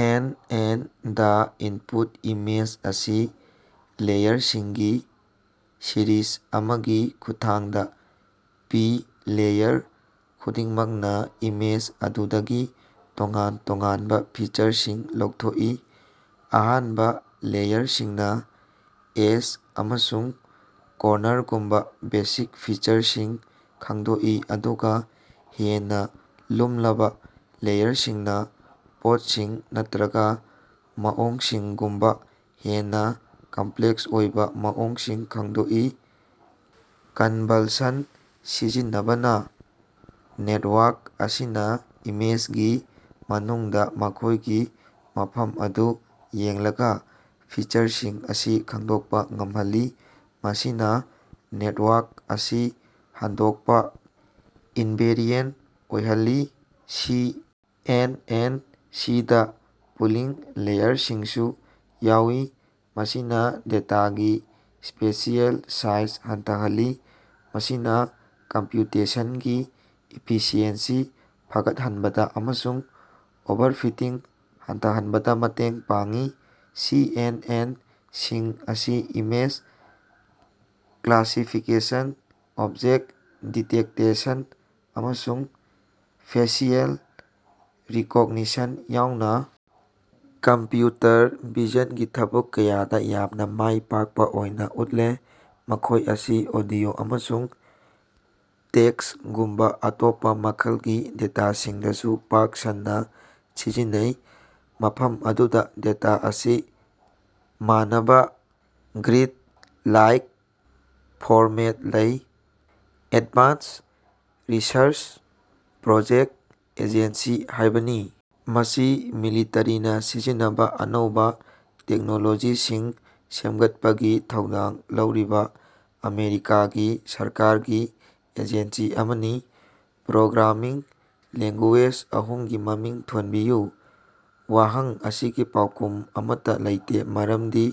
And. N. ꯗꯥ, input image ꯑꯁꯤ ꯂꯦꯌꯔꯁꯤꯡꯒꯤ ꯁꯤꯔꯤꯖ ꯑꯃꯒꯤ ꯈꯨꯠꯊꯥꯡꯗ ꯄꯤ, ꯂꯦꯌꯔ ꯈꯨꯗꯤꯡꯃꯛꯅ ꯏꯃꯦꯖ ꯑꯗꯨꯗꯒꯤ ꯇꯣꯉꯥꯟ ꯇꯣꯉꯥꯟꯕ ꯐꯤꯆꯔꯁꯤꯡ ꯂꯧꯊꯣꯛꯏ꯫ ꯑꯍꯥꯟꯕ ꯂꯦꯌꯔꯁꯤꯡꯅ ꯑꯦꯖ ꯑꯃꯁꯨꯡ ꯀꯣꯔꯅꯔꯒꯨꯝꯕ ꯕꯦꯁꯤꯛ ꯐꯤꯆꯔꯁꯤꯡ ꯈꯪꯗꯣꯛꯏ, ꯑꯗꯨꯒ ꯍꯦꯟꯅ ꯂꯨꯝꯂꯕ ꯂꯦꯌꯔꯁꯤꯡꯅ ꯄꯣꯠꯁꯤꯡ ꯅꯠꯇꯔꯒꯥ ꯃꯑꯣꯡꯁꯤꯡꯒꯨꯝꯕ ꯍꯦꯟꯅ ꯀꯝꯄꯂꯦꯛꯁ ꯑꯣꯏꯕ ꯃꯑꯣꯡꯁꯤꯡ ꯈꯪꯗꯣꯛꯏ꯫ ꯀꯟꯚꯜꯁꯟ ꯁꯤꯖꯤꯟꯅꯕꯅ ꯅꯦꯇꯋꯥꯔꯛ ꯑꯁꯤꯅ ꯏꯃꯦꯖꯒꯤ ꯃꯅꯨꯡꯗ ꯃꯈꯣꯏꯒꯤ ꯃꯐꯝ ꯑꯗꯨ ꯌꯦꯡꯂꯒ ꯐꯤꯆꯔꯁꯤꯡ ꯑꯁꯤ ꯈꯪꯗꯣꯛꯄ ꯉꯝꯍꯜꯂꯤ, ꯃꯁꯤꯅ ꯅꯦꯇꯋꯥꯔꯛ ꯑꯁꯤ ꯍꯟꯗꯣꯛꯄ-ꯏꯟꯚꯦꯔꯤꯑꯦꯟ ꯑꯣꯏꯍꯜꯂꯤ꯫ ꯁꯤ. ꯑꯦꯟ. ꯑꯦꯟ. ꯁꯤꯗ ꯄꯨꯂꯤꯡ ꯂꯦꯌꯔꯁꯤꯡꯁꯨ ꯌꯥꯎꯏ, ꯃꯁꯤꯅ ꯗꯦꯇꯥꯒꯤ ꯁ꯭ꯄꯦꯁꯤꯑꯦꯜ ꯁꯥꯏꯖ ꯍꯟꯊꯍꯜꯂꯤ, ꯃꯁꯤꯅ ꯀꯝꯄꯌꯨꯇꯦꯁꯟꯒꯤ ꯏꯐꯤꯁꯤꯑꯦꯟꯁꯤ ꯐꯒꯠꯍꯟꯕꯗ ꯑꯃꯁꯨꯡ ꯑꯣꯚꯔꯐꯤꯇꯤꯡ ꯍꯟꯊꯍꯟꯕꯗ ꯃꯇꯦꯡ ꯄꯥꯡꯏ꯫ ꯁꯤ. ꯑꯦꯟ. ꯑꯦꯟ. ꯁꯤꯡ ꯑꯁꯤ ꯏꯃꯦꯖ ꯀ꯭ꯂꯥꯁꯤꯐꯤꯀꯦꯁꯟ, ꯑꯣꯕꯖꯦꯛ ꯗꯤꯇꯦꯛꯇꯦꯁꯟ, ꯑꯃꯁꯨꯡ ꯐꯦꯁꯤꯑꯦꯜ ꯔꯤꯀꯣꯒꯅꯤꯁꯟ ꯌꯥꯎꯅ ꯀꯝꯄꯌꯨꯇꯔ ꯚꯤꯖꯟꯒꯤ ꯊꯕꯛ ꯀꯌꯥꯗ ꯌꯥꯝꯅ ꯃꯥꯏ ꯄꯥꯛꯄ ꯑꯣꯏꯅ ꯎꯠꯂꯦ꯫ ꯃꯈꯣꯏ ꯑꯁꯤ ꯑꯣꯗꯤꯑꯣ ꯑꯃꯁꯨꯡ ꯇꯦꯛꯁꯒꯨꯝꯕ ꯑꯇꯣꯞꯄ ꯃꯈꯜꯒꯤ ꯗꯦꯇꯥꯁꯤꯡꯗꯁꯨ ꯄꯥꯛ ꯁꯟꯅ ꯁꯤꯖꯤꯟꯅꯩ, ꯃꯐꯝ ꯑꯗꯨꯗ ꯗꯦꯇꯥ ꯑꯁꯤ ꯃꯥꯟꯅꯕꯥ ꯒ꯭ꯔꯤꯗ-ꯂꯥꯏꯛ ꯐꯣꯔꯃꯦꯠ ꯂꯩ꯫ ꯑꯦꯗꯚꯥꯟꯁ ꯔꯤꯁꯔꯆ ꯄ꯭ꯔꯣꯖꯦꯛ ꯑꯦꯖꯦꯟꯁꯤ ꯍꯥꯏꯕꯅꯤ꯫ ꯃꯁꯤ ꯃꯤꯂꯤꯇꯔꯤꯅ ꯁꯤꯖꯤꯟꯅꯕꯥ ꯑꯅꯧꯕ ꯇꯦꯛꯅꯣꯂꯣꯖꯤꯁꯤꯡ ꯁꯦꯝꯒꯠꯄꯒꯤ ꯊꯧꯗꯥꯡ ꯂꯧꯔꯤꯕ ꯑꯃꯦꯔꯤꯀꯥꯒꯤ ꯁꯔꯀꯥꯔꯒꯤ ꯑꯦꯖꯦꯟꯁꯤ ꯑꯃꯅꯤ꯫ ꯄ꯭ꯔꯣꯒ꯭ꯔꯥꯃꯤꯡ ꯂꯦꯡꯒꯨꯌꯦꯖ ꯑꯍꯨꯝꯒꯤ ꯃꯃꯤꯡ ꯊꯣꯟꯕꯤꯌꯨ꯫ ꯋꯥꯍꯪ ꯑꯁꯤꯒꯤ ꯄꯥꯎꯈꯨꯝ ꯑꯃꯠꯇꯥ ꯂꯩꯇꯦ ꯃꯔꯝꯗꯤ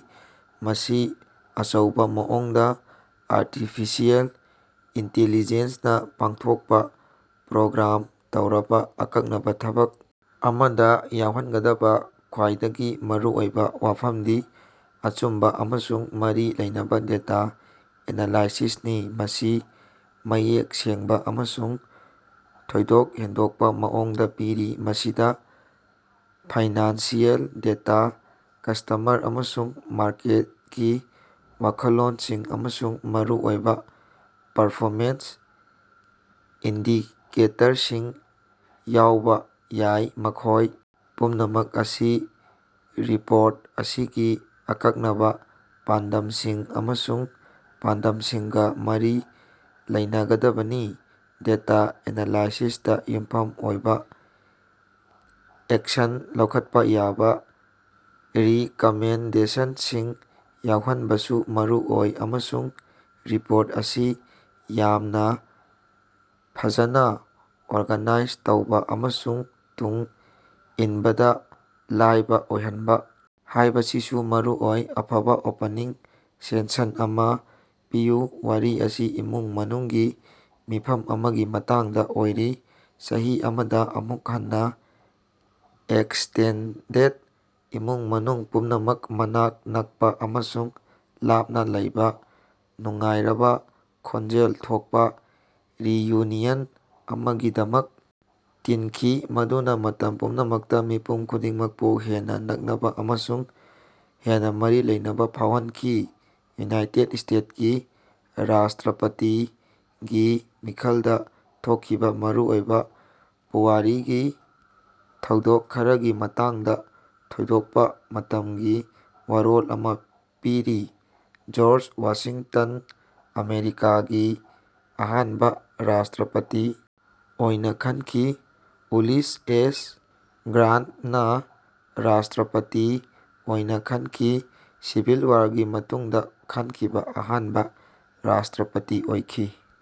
ꯃꯁꯤ ꯑꯆꯧꯕ ꯃꯑꯣꯡꯗ ꯑꯥꯔꯇꯤꯐꯤꯁꯤꯑꯦꯜ ꯏꯟꯇꯤꯂꯤꯖ‌ꯦꯟꯁꯅ ꯄꯥꯡꯊꯣꯛꯄ ꯄ꯭ꯔꯣꯒ꯭ꯔꯥꯝ ꯇꯧꯔꯕ ꯑꯀꯛꯅꯕ ꯊꯕꯛ ꯑꯃꯗ ꯌꯥꯎꯍꯟꯒꯗꯕ ꯈ꯭ꯋꯥꯏꯗꯒꯤ ꯃꯔꯨꯑꯣꯏꯕ ꯋꯥꯐꯝꯗꯤ ꯑꯆꯨꯝꯕ ꯑꯃꯁꯨꯡ ꯃꯔꯤ ꯂꯩꯅꯕ ꯗꯦꯇꯥ ꯑꯦꯅꯥꯂꯥꯏꯁꯤꯁꯅꯤ, ꯃꯁꯤ ꯃꯌꯦꯛ ꯁꯦꯡꯕ ꯑꯃꯁꯨꯡ ꯊꯣꯏꯗꯣꯛ ꯍꯦꯟꯗꯣꯛꯄ ꯃꯑꯣꯡꯗ ꯄꯤꯔꯤ꯫ ꯃꯁꯤꯗ ꯐꯥꯏꯅꯥꯟꯁꯤꯑꯦꯜ ꯗꯦꯇꯥ, ꯀꯁ꯭ꯇꯃꯔ ꯑꯃꯁꯨꯡ ꯃꯥꯔꯀꯦꯠꯀꯤ ꯋꯥꯈꯜꯂꯣꯟꯁꯤꯡ, ꯑꯃꯁꯨꯡ ꯃꯔꯨꯑꯣꯏꯕ ꯄꯔꯐꯣꯃꯦꯟꯁ ꯏꯟꯗꯤꯀꯦꯇꯔꯁꯤꯡ ꯌꯥꯎꯕ ꯌꯥꯏ, ꯃꯈꯣꯏ ꯄꯨꯝꯅꯃꯛ ꯑꯁꯤ ꯔꯤꯄꯣꯔꯠ ꯑꯁꯤꯒꯤ ꯑꯀꯛꯅꯕ ꯄꯥꯟꯗꯝꯁꯤꯡ ꯑꯃꯁꯨꯡ ꯄꯥꯟꯗꯝꯁꯤꯡꯒ ꯃꯔꯤ ꯂꯩꯅꯒꯗꯕꯅꯤ꯫ ꯗꯦꯇꯥ ꯑꯦꯅꯥꯂꯥꯏꯁꯤꯁꯇ ꯌꯨꯝꯐꯝ ꯑꯣꯏꯕ ꯑꯦꯛꯁꯟ ꯂꯧꯈꯠꯄ ꯌꯥꯕꯥ ꯔꯤꯀꯃꯦꯟꯗꯦꯁꯟꯁꯤꯡ ꯌꯥꯎꯍꯟꯕꯁꯨ ꯃꯔꯨ ꯑꯣꯏ, ꯑꯃꯁꯨꯡ ꯔꯤꯄꯣꯔꯠ ꯑꯁꯤ ꯌꯥꯝꯅ ꯐꯖꯅ ꯑꯣꯔꯒꯅꯥꯏꯖ ꯇꯧꯕ ꯑꯃꯁꯨꯡ ꯇꯨꯡ ꯏꯟꯕꯗ ꯂꯥꯏꯕ ꯑꯣꯏꯍꯟꯕ ꯍꯥꯏꯕꯁꯤꯁꯨ ꯃꯔꯨꯑꯣꯏ꯫ ꯑꯐꯕꯥ ꯑꯣꯄꯅꯤꯡ ꯁꯦꯟꯁꯟ ꯑꯃꯥ ꯄꯤꯌꯨ꯫ ꯋꯥꯔꯤ ꯑꯁꯤ ꯏꯃꯨꯡ ꯃꯅꯨꯡꯒꯤ ꯃꯤꯐꯝ ꯑꯃꯒꯤ ꯃꯇꯥꯡꯗ ꯑꯣꯏꯔꯤ꯫ ꯆꯍꯤ ꯑꯃꯗ ꯑꯃꯨꯛ ꯍꯟꯅ ꯑꯦꯛꯁꯇꯦꯟꯗꯦꯗ ꯏꯃꯨꯡ ꯃꯅꯨꯡ ꯄꯨꯝꯅꯃꯛ ꯃꯅꯥꯛ ꯅꯛꯄ ꯑꯃꯁꯨꯡ ꯂꯥꯞꯅ ꯂꯩꯕ ꯅꯨꯡꯉꯥꯏꯔꯕ, ꯈꯣꯟꯖꯦꯜ ꯊꯣꯛꯄꯥ ꯔꯤꯌꯨꯅꯤꯌꯟ ꯑꯃꯒꯤꯗꯃꯛ ꯇꯤꯟꯈꯤ ꯃꯗꯨꯅ ꯃꯇꯝ ꯄꯨꯝꯅꯃꯛꯇ ꯃꯤꯄꯨꯝ ꯈꯨꯗꯤꯡꯃꯛꯄꯨ ꯍꯦꯟꯅ ꯅꯛꯅꯕ ꯑꯃꯁꯨꯡ ꯍꯦꯟꯅ ꯃꯔꯤ ꯂꯩꯅꯕ ꯐꯥꯎꯍꯟꯈꯤ꯫ ꯌꯨꯅꯥꯏꯠꯇ‌ꯦꯠ ꯏꯁꯇ‌ꯦꯠꯀꯤ ꯔꯥꯁ꯭ꯇꯔꯄꯇꯤꯒꯤ ꯃꯤꯈꯜꯗꯥ ꯊꯣꯛꯈꯤꯕꯥ ꯃꯔꯨꯑꯣꯏꯕꯥ ꯄꯨꯋꯥꯔꯤꯒꯤ ꯊꯧꯗꯣꯛ ꯈꯔꯒꯤ ꯃꯇꯥꯡꯗ ꯊꯣꯏꯗꯣꯛꯄꯥ ꯃꯇꯝꯒꯤ ꯋꯥꯔꯣꯜ ꯑꯃ ꯄꯤꯔꯤ, ꯖ‌ꯣꯔꯖ ꯋꯥꯁꯤꯡꯇꯟꯗ ꯑꯃꯦꯔꯤꯀꯥꯒꯤ ꯑꯍꯥꯟꯕ ꯔꯥꯁ꯭ꯇꯔꯄꯇꯤ ꯑꯣꯏꯅ ꯈꯟꯈꯤ꯫ ꯎꯂꯤꯁ ꯑꯦꯁ ꯒ꯭ꯔꯥꯟꯇꯅꯥ ꯔꯥꯁ꯭ꯇꯔꯄꯇꯤ ꯑꯣꯏꯅ ꯈꯟꯈꯤ, ꯁꯤꯚꯤꯜ ꯋꯥꯔꯒꯤ ꯃꯇꯨꯡꯗꯥ ꯈꯟꯈꯤꯕ ꯑꯍꯥꯟꯕ ꯔꯥꯁ꯭ꯇꯔꯄꯇꯤ ꯑꯣꯏꯈꯤ꯫